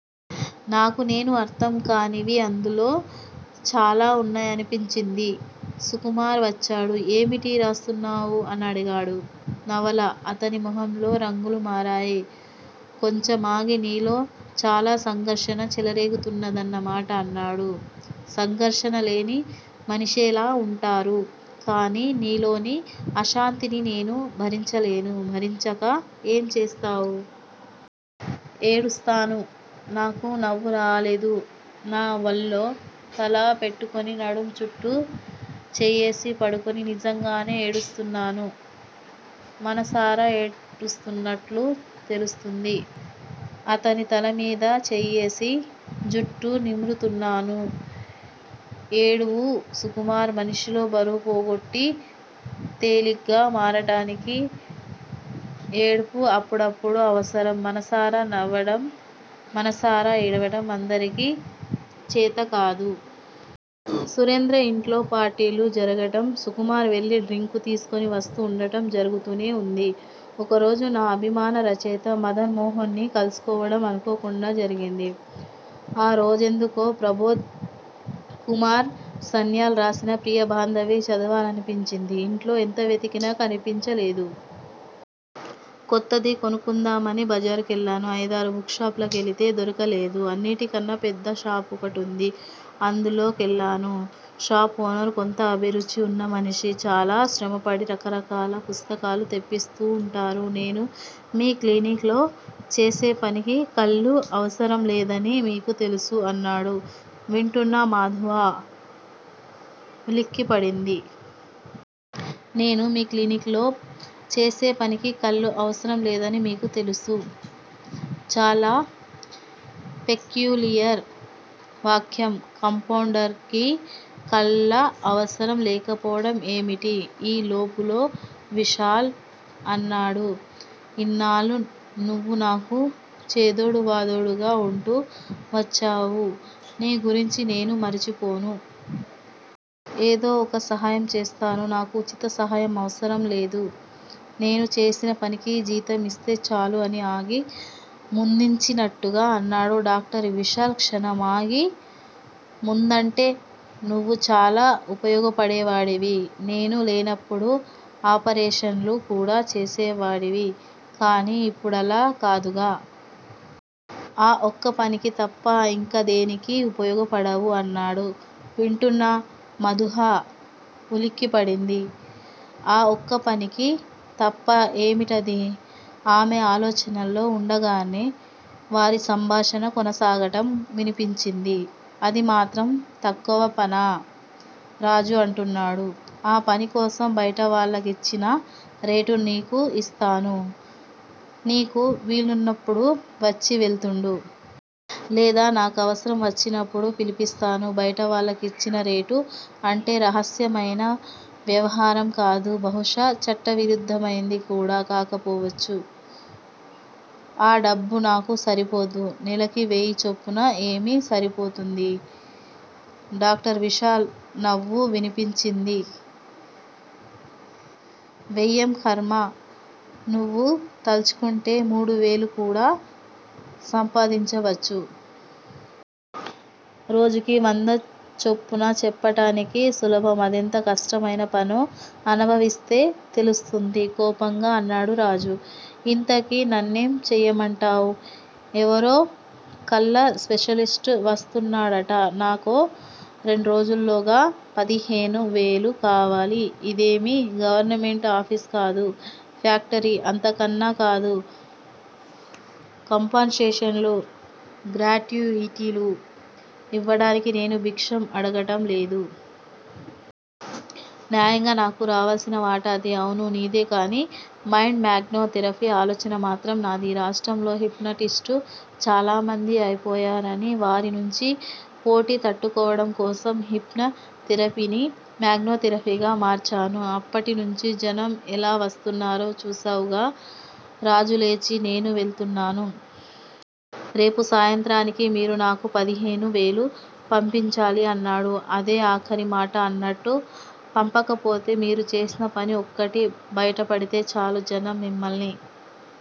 నాకు నేను అర్థం కానివి అందులో చాలా ఉన్నాయనిపించింది. సుకుమార్ వచ్చాడు. ఏమిటి రాస్తున్నావు? అనడిగాడు. 'నవల' అతని ముఖంలో రంగులు మారాయి. కొంచమాగి నీలో చాలా సంఘర్షణ చెలరేగుతున్నదన్నమాట అన్నాడు. సంఘర్షణలేని మనిషెలా ఉంటారు? కాని నీలోని అశాంతిని నేను భరించలేను. భరించక ఏం చేస్తావు? ఏడుస్తాను నాకు నవ్వు రాలేదు. నా వళ్ళో తల పెట్టుకుని నడుం చుట్టూ చెయ్యేసి పడుకుని నిజంగానే ఏడుస్తున్నాను. మనసారా ఏడుస్తున్నట్లు తెలుస్తుంది. అతని తలమీద చెయ్యేసి జుట్టు నిమురుతున్నాను. ఏడువు సుకుమార్. మనిషిలో బరువు పోగొట్టి తేలిగ్గా మారటానికి ఏడుపు అప్పుడప్పుడు అవసరం. మనసారా నవ్వటం, మనసారా ఏడవటం అందరికీ చేతకాదు. సురేంద్ర ఇంట్లో పార్టీలు జరగటం, సుకుమార్ వెళ్ళి డ్రింక్ తీసుకుని వస్తూ ఉండటం జరుగుతూనే ఉంది. ఒకరోజు నా అభిమాన రచయిత మదన్ మోహన్ ని కలుసుకోవడం అనుకోకుండా జరిగింది. ఆ రోజెందుకో ప్రభోద్ కుమార్ సన్యాల్ రాసిన ప్రియ బాంధవి చదవాలనిపించింది. ఇంట్లో ఎంత వెతికినా కనిపించలేదు. కొత్తది కొనుక్కుందామని బజారుకెళ్ళాను. అయిదారు బుక్ షాపులకెళితే దొరకలేదు. అన్నిటికన్నా పెద్ద షాపు ఒకటుంది. అందులో కెళ్లాను. షాపు ఓనర్ కొంత అభిరుచి ఉన్న మనిషి. చాలా శ్రమపడి రకరకాల పుస్తకాలు తెప్పిస్తూ ఉంటారు. నేను మీ క్లినిక్ లో చేసేపనికి కళ్ళు అవసరంలేదని మీకు తెలుసు అన్నాడు వింటూన్న మధూవా ఉలిక్కిపడింది. నేను మీ క్లినిక్ లో చేసేపనికి కళ్ళు అవసరంలేదని మీకు తెలుసు. చాలా పెక్యూలియర్ వాక్యం. కాంపౌండర్ కి కళ్ళ అవసరం లేకపోవటం ఏమిటి? ఈ లోపులో విశాల్ అన్నాడు ఇన్నాళ్ళూ నువ్వు నాకు చేదోడు వాదోడుగా వుంటూ వచ్చావు. నీ గురించి నేను మర్చిపోను. ఏదో ఒకసాయం చేస్తాను. నాకు ఉచిత సహాయం అవసరం లేదు. నేను చేసినపనికి జీతం ఇస్తే చాలు అని ఆగి, ముందిచ్చినట్టుగా అన్నాడు. డాక్టర్ విశాల్ క్షణం ఆగి, ముందంటే నువ్వు చాలా ఉపయోగపడేవాడివి. నేను లేనప్పుడు ఆపరేషన్లు కూడా చేసేవాడివి. కానీ ఇప్పుడలా కాదుగా. ఆ ఒక్కపనికి తప్ప ఇంకదేనికీ ఉపయోగపడవు అన్నాడు. వింటూన్న మధూహ ఉలిక్కిపడింది. ఆ ఒక్కపనికి తప్ప! ఏమిటది? ఆమె ఆలోచనల్లో వుండగానే వారి సంభాషణ కొనసాగటం వినిపించింది. అది మాత్రం తక్కువ పనా? రాజు అంటున్నాడు. ఆ పనికోసం బయటవాళ్ళకిచ్చిన రేటు నీకూ ఇస్తాను. నీకు వీలున్నప్పుడు వచ్చి వెళ్తుండు. లేదా నాకవసరం వచ్చినప్పుడు పిలిపిస్తాను బయటవాళ్ళకిచ్చిన రేటు. అంటే రహస్యమైన వ్యవహారం కాదు. బహుశ చట్టవిరుద్ధమైంది. కూడా కాకపోవచ్చు. ఆ డబ్బు నాకు సరిపోదు. నెలకి వెయ్యి చొప్పున ఏమి సరిపోతుంది? డాక్టర్ విశాల్ నవ్వు వినిపించింది. వెయ్యేం ఖర్మ? నువ్వు తల్చుకుంటే మూడువేలు కూడా సంపాదించవచ్చు. రోజుకి వంద చొప్పున. చెప్పటానికి సులభం. అదెంత కష్టమైనపనో అనుభవిస్తే తెలుస్తుంది కోపంగా అన్నాడు రాజు. ఇంతకీ నన్నేం చెయ్యమంటావు? ఎవరో కళ్ళ స్పెషలిస్ట్ వస్తున్నాడట. నాకో రెండురోజుల్లోగ పదిహేను వేలు కావాలి. ఇదేమీ గవర్నమెంటు ఆఫీసు కాదు. ఫ్యాక్టరీ అంతకన్నా కాదు, కంపన్సేషన్లూ, గ్రాట్యుయిటీలు ఇవ్వటానికి నేను భిక్షం అడగటంలేదు. న్యాయంగా నాకు రావలసిన వాటా అది. అవును. నీదే. కానీ మైండ్ మాగ్నో థెరపీ ఆలోచన మాత్రం నాది! రాష్ట్రంలో హిప్నాటిస్టు చాలామంది అయిపోయారనీ, వారినుంచి పోటీ తట్టుకోవటం కోసం హిప్నో థెరపీని, మాగ్నో థెరపీగా మార్చాను. అప్పటినుంచీ జనం ఎలా వస్తున్నారో చూసావుగా రాజులేచి, నేను వెళ్తూన్నాను. రేపు సాయంత్రానికి మీరు నాకు పదిహేను వేలు పంపించాలి అన్నాడు అదే ఆఖరి మాట అన్నట్టు. పంపకపోతే? మీరు చేసిన పని 'ఒక్కటి' బయటపడితే చాలు. జనం మిమ్మల్ని